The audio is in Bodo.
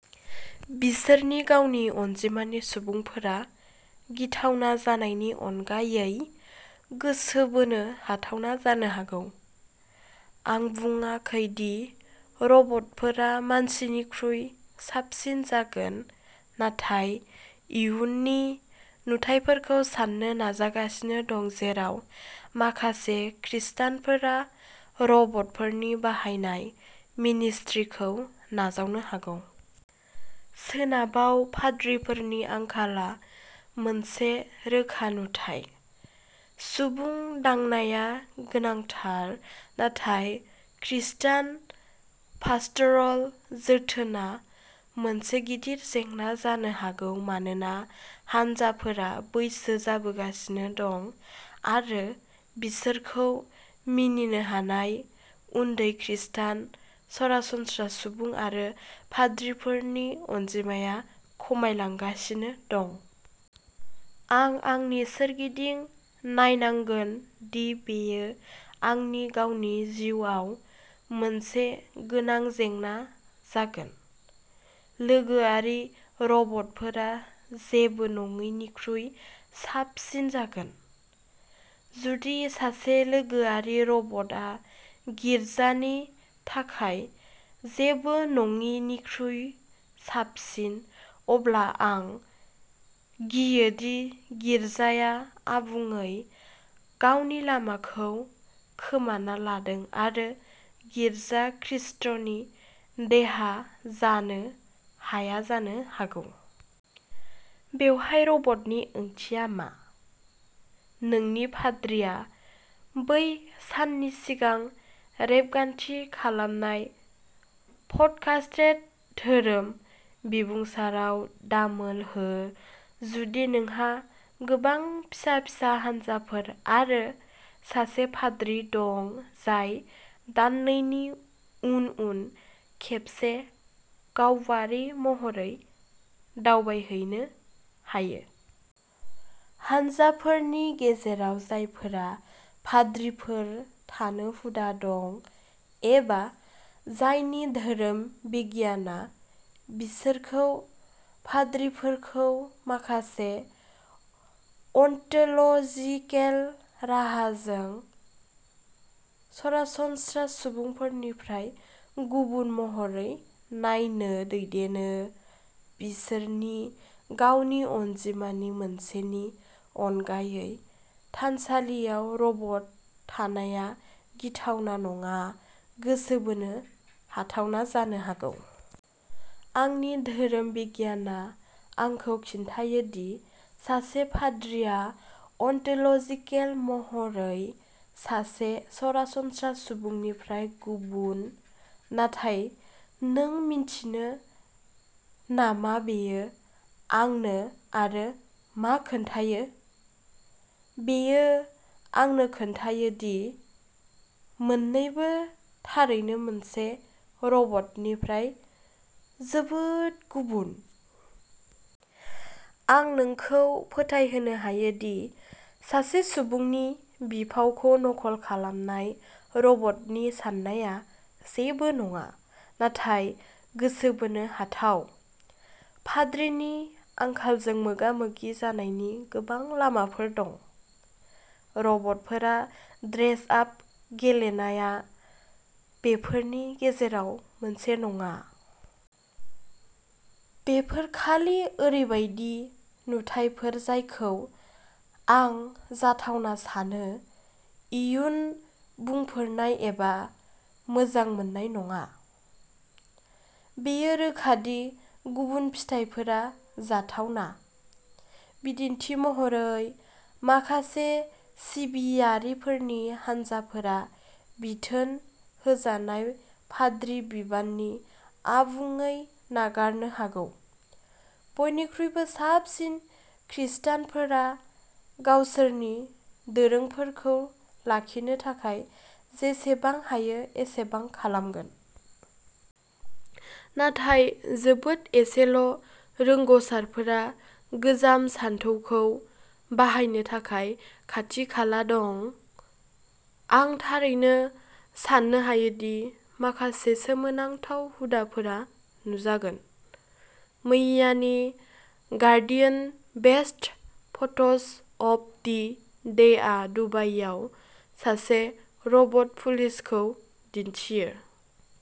बिसोरनि गावनि अनजिमानि सुबुंफोरा गिथावना जानायनि अनगायै गोसो बोनो हाथावना जानो हागौ। आं बुङाखै दि रबटफोरा मानसिनिख्रुइ साबसिन जागोन, नाथाय इयुननि नुथायफोरखौ सान्नो नाजागासिनो दं जेराव माखासे खृस्टानफोरा रबटफोरखौ बाहायनाय मिनिस्ट्रिखौ नाजावनो हागौ। सोनाबाव पाद्रिफोरनि आंखालआ मोनसे रोखा नुथाय। सुबुं दांनाया गोनांथार, नाथाय खृस्टान पास्टरल जोथोनआ मोनसे गिदिर जेंना जानो हागौ मानोना हान्जाफोरा बैसो जाबोगासिनो दं आरो बिसोरखौ मिनिनो हानाय उन्दै खृस्टान सरासनस्रा सुबुं आरो पाद्रिफोरनि अनजिमाया खमायलांगासिनो दं। आं आंनि सोरगिदिं नायनांगोन दि बेयो आंनि गावनि जिउआव मोनसे गोनां जेंना जागोन। लोगोआरि रबटफोरा जेबो नङैनिख्रुइ साबसिन जागोन। जुदि सासे लोगोआरि रबटआ गिर्जानि थाखाय जेबो नङैनिख्रुइ साबसिन, अब्ला आं गियोदि गिर्जाया आबुङै गावनि लामाखौ खोमाना लादों आरो गिर्जा खृष्टनि देहा जानो हाया जानो हागौ। बेवहाय रबटनि ओंथिया मा? नोंनि पाद्रिआ बै साननि सिगां रेबगान्थि खालामनाय पडकास्टेड धोरोम बिबुंसाराव दामोल हो, जुदि नोंहा गोबां फिसा फिसा हान्जाफोर आरो सासे पाद्रि दं जाय दाननैनि उन उन खेबसे गावारि महरै दावबायहैनो हायो। हान्जाफोरनि गेजेराव जायफोरा पाद्रिफोर थानो हुदा दं, एबा जायनि धोरोम बिगियानआ बिसोरखौ पाद्रिफोरखौ माखासे अनटोल'जिकेल राहाजों सरासनस्रा सुबुंफोरनिफ्राय गुबुन महरै नायनो दैदेनो, बिसोरनि गावनि अनजिमानि मोनसेनि अनगायै थानसालियाव रबट थानाया गिथावना नङा, गोसो बोनो हाथावना जानो हागौ। आंनि धोरोम बिगियानआ आंखौ खिन्थायो दि सासे पाद्रिआ अनटोल'जिकेल महरै सासे सरासनस्रा सुबुंनिफ्राय गुबुन, नाथाय नों मिन्थिनो नामा बेयो आंनो आरो मा खोन्थायो? बेयो आंनो खोन्थायो दि मोननैबो थारैनो मोनसे रबटनिफ्राय जोबोद गुबुन! आं नोंखौ फोथायहोनो हायो दि सासे सुबुंनि बिफावखौ नकल खालामनाय रबटनि साननाया जेबो नङा, नाथाय गोसो बोनो हाथाव। पाद्रिनि आंखालजों मोगा मोगि जानायनि गोबां लामाफोर दं। रबटफोरा ड्रेस आप गेलेनाया बेफोरनि गेजेराव मोनसे नङा। बेफोर खालि ओरैबायदि नुथायफोर जायखौ आं जाथावना सानो, इयुन बुंफोरनाय एबा मोजां मोननाय नङा। बेयो रोखा दि गुबुन फिथायफोरा जाथावना। बिदिन्थि महरै, माखासे सिबियारिफोरनि हानजाफोरा बिथोन होजानाय पाद्रि बिबानखौ आबुङै नागारनो हागौ। बयनिख्रुइबो साबसिन खृष्टानफोरा गावसोरनि दोरोंफोरखौ लाखिनो थाखाय जेसेबां हायो एसेबां खालामगोन। नाथाय जोबोद एसेल' रोंग'सारफोरा गोजाम सानथौखौ बाहायनो थाखाय खाथि खाला दं, आं थारैनो साननो हायो दि माखासे सोमोनांथाव हुदाफोरा नुजागोन। मैयानि Guardian best photos of the day दुबायाव सासे रबट पुलिसखौ दिन्थियो।